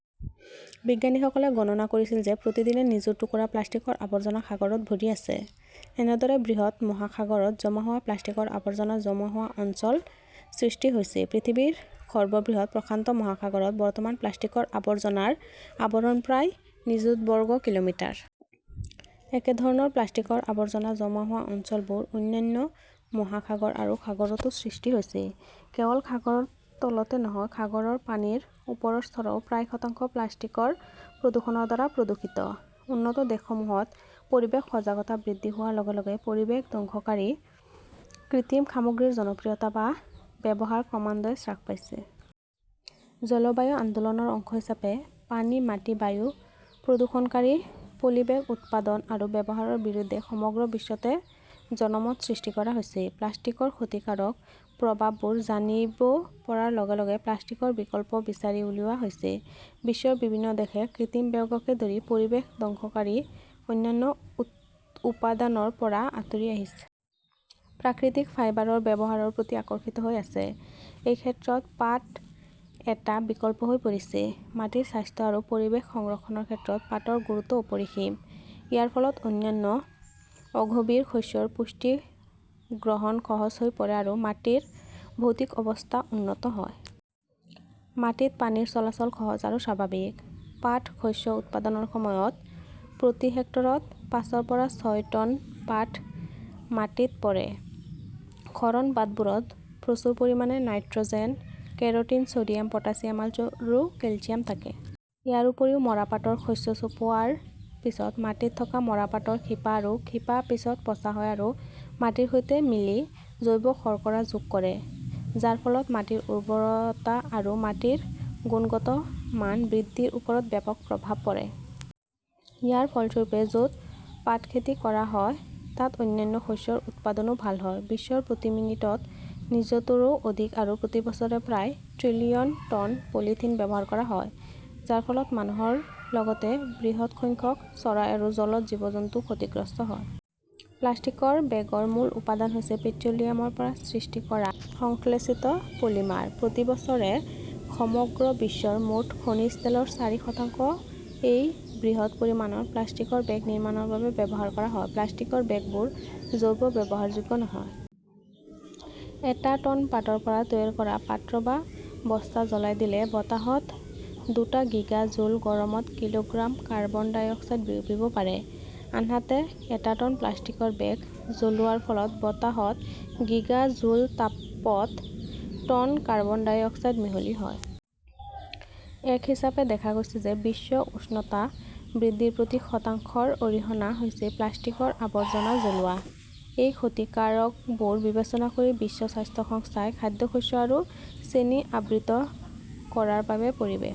বিজ্ঞানীসকলে গণনা কৰিছিল যে প্ৰতিদিনে নিযুত টুকুৰা প্লাষ্টিকৰ আৱৰ্জনা সাগৰত পৰি আছে। এনেদৰে বৃহৎ মহাসাগৰত জমা হোৱা প্লাষ্টিকৰ আৱৰ্জনা জমা হোৱা অঞ্চল সৃষ্টি হৈছে। পৃথিৱীৰ সৰ্ববৃহৎ প্ৰশান্ত মহাসাগৰত বৰ্তমান প্লাষ্টিকৰ আৱৰ্জনাৰ আৱৰণ প্ৰায় নিযুত বৰ্গ কিলোমিটাৰ। একেধৰণৰ প্লাষ্টিকৰ আৱৰ্জনা জমা হোৱা অঞ্চলবোৰ অন্যান্য মহাসাগৰ আৰু সাগৰতো সৃষ্টি হৈছে। কেৱল সাগৰৰ তলতে নহয়, সাগৰৰ পানীৰ ওপৰৰ স্তৰৰ প্ৰায় শতাংশ প্লাষ্টিকৰ প্ৰদূষণৰ দ্বাৰা প্ৰদূষিত। উন্নত দেশসমূহত পৰিৱেশ সজাগতা বৃদ্ধি হোৱাৰ লগে লগে পৰিৱেশ ধ্বংসকাৰী কৃত্ৰিম সামগ্ৰীৰ জনপ্ৰিয়তা বা ব্যৱহাৰ ক্ৰমান্বয়ে হ্ৰাস পাইছে। জলবায়ু আন্দোলনৰ অংশ হিচাপে পানী, মাটি, বায়ু প্ৰদূষণকাৰী পলিবেগ উৎপাদন আৰু ব্যৱহাৰৰ বিৰুদ্ধে সমগ্ৰ বিশ্বতে জনমত সৃষ্টি কৰা হৈছে। প্লাষ্টিকৰ ক্ষতিকাৰক প্ৰভাৱবোৰ জানিব পৰাৰ লগে লগে প্লাষ্টিকৰ বিকল্প বিচাৰি উলিওৱা হৈছে। বিশ্বৰ বিভিন্ন দেশে কৃত্ৰিম বেগকে ধৰি পৰিৱেশ ধ্বংসকাৰী অন্যান্য উপাদানৰ পৰা আঁতৰি আহিছে। প্ৰাকৃতিক ফাইবাৰৰ ব্যৱহাৰৰ প্ৰতি আকৰ্ষিত হৈ আছে। এই ক্ষেত্ৰত পাট এটা বিকল্প হৈ পৰিছে। মাটিৰ স্বাস্থ্য আৰু পৰিৱেশ সংৰক্ষণৰ ক্ষেত্ৰত পাটৰ গুৰুত্ব অপৰিসীম। ইয়াৰ ফলত অন্যান্য অগভীৰ শস্যৰ পুষ্টি গ্ৰহণ সহজ হৈ পৰে আৰু মাটিৰ ভৌতিক অৱস্থা উন্নত হয়। মাটিত পানীৰ চলাচল সহজ আৰু স্বাভাৱিক। পাট শস্য উৎপাদনৰ সময়ত প্ৰতি হেক্টৰত পাঁচৰ পৰা ছয় টন পাট মাটিত পৰে। শৰণ পাতবোৰত প্ৰচুৰ পৰিমাণে নাইট্ৰ'জেন, কেৰ'টিন, চ'ডিয়াম, পটাছিয়াম আৰু কেলচিয়াম থাকে। ইয়াৰ উপৰিও, মৰাপাটৰ শস্য চপোৱাৰ পিছত মাটিত থকা মৰাপাটৰ শিপা আৰু শিপা পিছত পচা হয় আৰু মাটিৰ সৈতে মিলি জৈৱ-শৰ্কৰা যোগ কৰে, যাৰ ফলত মাটিৰ উৰ্বৰতা আৰু মাটিৰ গুণগত মান বৃদ্ধিৰ ওপৰত ব্যাপক প্ৰভাৱ পৰে। ইয়াৰ ফলস্বৰূপে, য'ত পাট খেতি কৰা হয়, তাত অন্যান্য শস্যৰ উৎপাদনও ভাল হয়। বিশ্বত প্ৰতি মিনিটত নিযুতৰো অধিক আৰু প্ৰতি বছৰে প্ৰায় ত্ৰিলিয়ন টন পলিথিন ব্যৱহাৰ কৰা হয়, যাৰ ফলত মানুহৰ লগতে বৃহৎ সংখ্যক চৰাই আৰু জলজ জীৱ-জন্তুও ক্ষতিগ্ৰস্ত হয়। প্লাষ্টিকৰ বেগৰ মূল উপাদান হৈছে পেট্ৰ'লিয়ামৰ পৰা সৃষ্টি কৰা সংশ্লেষিত পলিমাৰ। প্ৰতি বছৰে সমগ্ৰ বিশ্বৰ মুঠ খনিজ তেলৰ চাৰি শতাংশ এই বৃহৎ পৰিমাণৰ প্লাষ্টিকৰ বেগ নিৰ্মাণৰ বাবে ব্যৱহাৰ কৰা হয়। প্লাষ্টিকৰ বেগবোৰ জৈৱ-ব্যৱহাৰযোগ্য নহয়। এটা টন পাটৰ পৰা তৈয়াৰ কৰা পাত্ৰ বা বস্তা জ্বলাই দিলে বতাহত দুটা গিগা জুল গৰমত কিলোগ্ৰাম কাৰ্বন ডাই অক্সাইড বিয়পিব পাৰে। আনহাতে, এটা টন প্লাষ্টিকৰ বেগ জ্বলোৱাৰ ফলত বতাহত গিগা জুল তাপত টন কাৰ্বন ডাই অক্সাইড মিহলি হয়। এক হিচাপে দেখা গৈছে যে বিশ্ব উষ্ণতা বৃদ্ধিৰ প্ৰতি শতাংশৰ অৰিহণা হৈছে প্লাষ্টিকৰ আৱৰ্জনা জ্বলোৱা। এই ক্ষতিকাৰকবোৰ বিবেচনা কৰি বিশ্ব স্বাস্থ্য সংস্থাই খাদ্যশস্য আৰু চেনি আবৃত কৰাৰ বাবে পৰিৱেশ